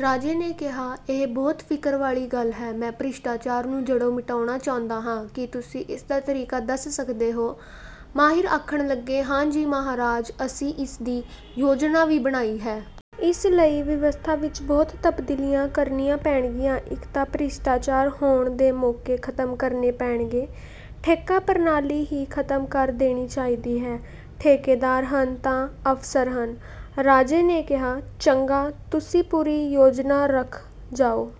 ਰਾਜੇ ਨੇ ਕਿਹਾ, ''ਇਹ ਬਹੁਤ ਫਿਕਰ ਵਾਲੀ ਗੱਲ ਹੈ। ਮੈਂ ਭ੍ਰਿਸ਼ਟਾਚਾਰ ਨੂੰ ਜੜ੍ਹੋਂ ਮਿਟਾਉਣਾ ਚਾਹੁੰਦਾ ਹਾਂ। ਕੀ ਤੁਸੀਂ ਇਸ ਦਾ ਤਰੀਕਾ ਦੱਸ ਸਕਦੇ ਹੋ? " ਮਾਹਿਰ ਆਖਣ ਲੱਗੇ, ''ਹਾਂ ਜੀ ਮਹਾਰਾਜ, ਅਸੀਂ ਇਸ ਦੀ ਯੋਜਨਾ ਵੀ ਬਣਾਈ ਹੈ। ਇਸ ਲਈ ਵਿਵਸਥਾ ਵਿੱਚ ਬਹੁਤ ਤਬਦੀਲੀਆਂ ਕਰਨੀਆਂ ਪੈਣਗੀਆਂ। ਇੱਕ ਤਾਂ ਭ੍ਰਿਸ਼ਟਾਚਾਰ ਹੋਣ ਦੇ ਮੌਕੇ ਖਤਮ ਕਰਨੇ ਪੈਣਗੇ। ਠੇਕਾ ਪ੍ਰਣਾਲੀ ਹੀ ਖਤਮ ਕਰ ਦੇਣੀ ਚਾਹੀਦੀ ਹੈ। ਠੇਕੇਦਾਰ ਹਨ ਤਾਂ ਅਫਸਰ ਹਨ। " ਰਾਜੇ ਨੇ ਕਿਹਾ, ''ਚੰਗਾ, ਤੁਸੀਂ ਪੂਰੀ ਯੋਜਨਾ ਰੱਖ ਜਾਓ।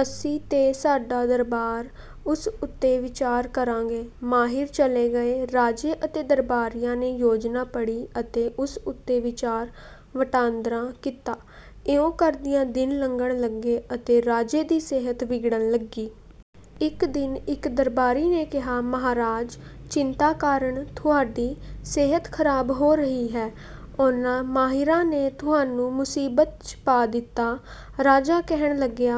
ਅਸੀਂ ਤੇ ਸਾਡਾ ਦਰਬਾਰ ਉਸ ਉੱਤੇ ਵਿਚਾਰ ਕਰਾਂਗੇ। " ਮਾਹਿਰ ਚਲੇ ਗਏ। ਰਾਜੇ ਅਤੇ ਦਰਬਾਰੀਆਂ ਨੇ ਯੋਜਨਾ ਪੜ੍ਹੀ ਅਤੇ ਉਸ ਉੱਤੇ ਵਿਚਾਰ ਵਟਾਂਦਰਾ ਕੀਤਾ। ਇਉਂ ਕਰਦਿਆਂ ਦਿਨ ਲੰਘਣ ਲੱਗੇ ਅਤੇ ਰਾਜੇ ਦੀ ਸਿਹਤ ਵਿਗੜਨ ਲੱਗੀ। ਇੱਕ ਦਿਨ ਇੱਕ ਦਰਬਾਰੀ ਨੇ ਕਿਹਾ, ''ਮਹਾਰਾਜ, ਚਿੰਤਾ ਕਾਰਨ ਤੁਹਾਡੀ ਸਿਹਤ ਖਰਾਬ ਹੋ ਰਹੀ ਹੈ। ਉਨ੍ਹਾਂ ਮਾਹਿਰਾਂ ਨੇ ਤੁਹਾਨੂੰ ਮੁਸੀਬਤ 'ਚ ਪਾ ਦਿੱਤਾ। " ਰਾਜਾ ਕਹਿਣ ਲੱਗਿਆ,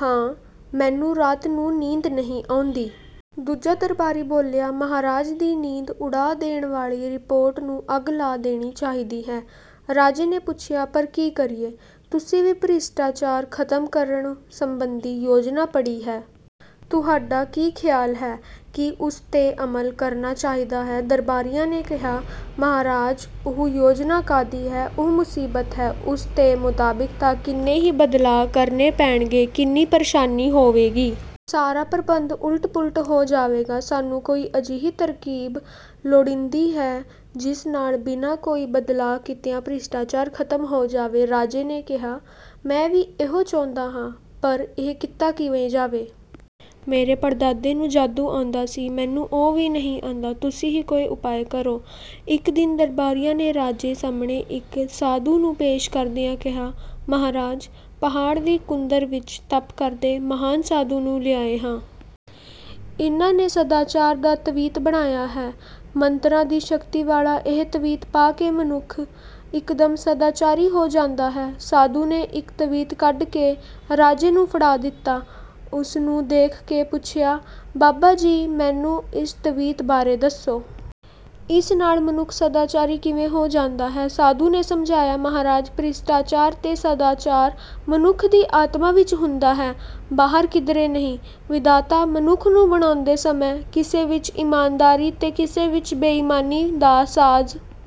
''ਹਾਂ, ਮੈਨੂੰ ਰਾਤ ਨੂੰ ਨੀਂਦ ਨਹੀਂ ਆਉਂਦੀ। " ਦੂਜਾ ਦਰਬਾਰੀ ਬੋਲਿਆ, ''ਮਹਾਰਾਜ ਦੀ ਨੀਂਦ ਉਡਾ ਦੇਣ ਵਾਲੀ ਰਿਪੋਰਟ ਨੂੰ ਅੱਗ ਲਾ ਦੇਣੀ ਚਾਹੀਦੀ ਹੈ। " ਰਾਜੇ ਨੇ ਪੁੱਛਿਆ, '' ਪਰ ਕੀ ਕਰੀਏ? ਤੁਸੀਂ ਵੀ ਭ੍ਰਿਸ਼ਟਾਚਾਰ ਖਤਮ ਕਰਨ ਸੰਬੰਧੀ ਯੋਜਨਾ ਪੜ੍ਹੀ ਹੈ। ਤੁਹਾਡਾ ਕੀ ਖਿਆਲ ਹੈ? ਕੀ ਉਸ 'ਤੇ ਅਮਲ ਕਰਨਾ ਚਾਹੀਦਾ ਹੈ? " ਦਰਬਾਰੀਆਂ ਨੇ ਕਿਹਾ, ''ਮਹਾਰਾਜ, ਉਹ ਯੋਜਨਾ ਕਾਹਦੀ ਹੈ, ਉਹ ਮੁਸੀਬਤ ਹੈ। ਉਸ ਦੇ ਮੁਤਾਬਕ ਤਾਂ ਕਿੰਨੇ ਹੀ ਬਦਲਾਅ ਕਰਨੇ ਪੈਣਗੇ। ਕਿੰਨੀ ਪ੍ਰੇਸ਼ਾਨੀ ਹੋਵੇਗੀ। ਸਾਰਾ ਪ੍ਰਬੰਧ ਉਲਟ ਪੁਲਟ ਹੋ ਜਾਵੇਗਾ। ਸਾਨੂੰ ਕੋਈ ਅਜਿਹੀ ਤਰਕੀਬ ਲੋੜੀਂਦੀ ਹੈ, ਜਿਸ ਨਾਲ ਬਿਨਾਂ ਕੋਈ ਬਦਲਾਅ ਕੀਤਿਆਂ ਭ੍ਰਿਸ਼ਟਾਚਾਰ ਖਤਮ ਹੋ ਜਾਵੇ। " ਰਾਜੇ ਨੇ ਕਿਹਾ, ''ਮੈਂ ਵੀ ਇਹੋ ਚਾਹੁੰਦਾ ਹਾਂ, ਪਰ ਇਹ ਕੀਤਾ ਕਿਵੇਂ ਜਾਵੇ? ਮੇਰੇ ਪੜਦਾਦੇ ਨੂੰ ਜਾਦੂ ਆਉਂਦਾ ਸੀ, ਮੈਨੂੰ ਉਹ ਵੀ ਨਹੀਂ ਆਉਂਦਾ। ਤੁਸੀਂ ਹੀ ਕੋਈ ਉਪਾਅ ਕਰੋ? " ਇੱਕ ਦਿਨ ਦਰਬਾਰੀਆਂ ਨੇ ਰਾਜੇ ਸਾਹਮਣੇ ਇੱਕ ਸਾਧੂ ਨੂੰ ਪੇਸ਼ ਕਰਦਿਆਂ ਕਿਹਾ, ''ਮਹਾਰਾਜ, ਪਹਾੜ ਦੀ ਕੁੰਦਰ ਵਿੱਚ ਤਪ ਕਰਦੇ ਮਹਾਨ ਸਾਧੂ ਨੂੰ ਲਿਆਏ ਹਾਂ। ਇਨ੍ਹਾਂ ਨੇ ਸਦਾਚਾਰ ਦਾ ਤਵੀਤ ਬਣਾਇਆ ਹੈ। ਮੰਤਰਾਂ ਦੀ ਸ਼ਕਤੀ ਵਾਲਾ ਇਹ ਤਵੀਤ ਪਾ ਕੇ ਮਨੁੱਖ ਇਕਦਮ ਸਦਾਚਾਰੀ ਹੋ ਜਾਂਦਾ ਹੈ। " ਸਾਧੂ ਨੇ ਇੱਕ ਤਵੀਤ ਕੱਢ ਕੇ ਰਾਜੇ ਨੂੰ ਫੜਾ ਦਿੱਤਾ। ਉਸ ਨੂੰ ਦੇਖ ਕੇ ਪੁੱਛਿਆ, ''ਬਾਬਾ ਜੀ, ਮੈਨੂੰ ਇਸ ਤਵੀਤ ਬਾਰੇ ਦੱਸੋ। ਇਸ ਨਾਲ ਮਨੁੱਖ ਸਦਾਚਾਰੀ ਕਿਵੇਂ ਹੋ ਜਾਂਦਾ ਹੈ? " ਸਾਧੂ ਨੇ ਸਮਝਾਇਆ, ''ਮਹਾਰਾਜ, ਭ੍ਰਿਸ਼ਟਾਚਾਰ ਤੇ ਸਦਾਚਾਰ ਮਨੁੱਖ ਦੀ ਆਤਮਾ ਵਿੱਚ ਹੁੰਦਾ ਹੈ, ਬਾਹਰ ਕਿਧਰੇ ਨਹੀਂ। ਵਿਧਾਤਾ ਮਨੁੱਖ ਨੂੰ ਬਣਾਉਂਦੇ ਸਮੇਂ ਕਿਸੇ ਵਿੱਚ ਇਮਾਨਦਾਰੀ ਤੇ ਕਿਸੇ ਵਿੱਚ ਬੇਈਮਾਨੀ ਦਾ ਸਾਜ਼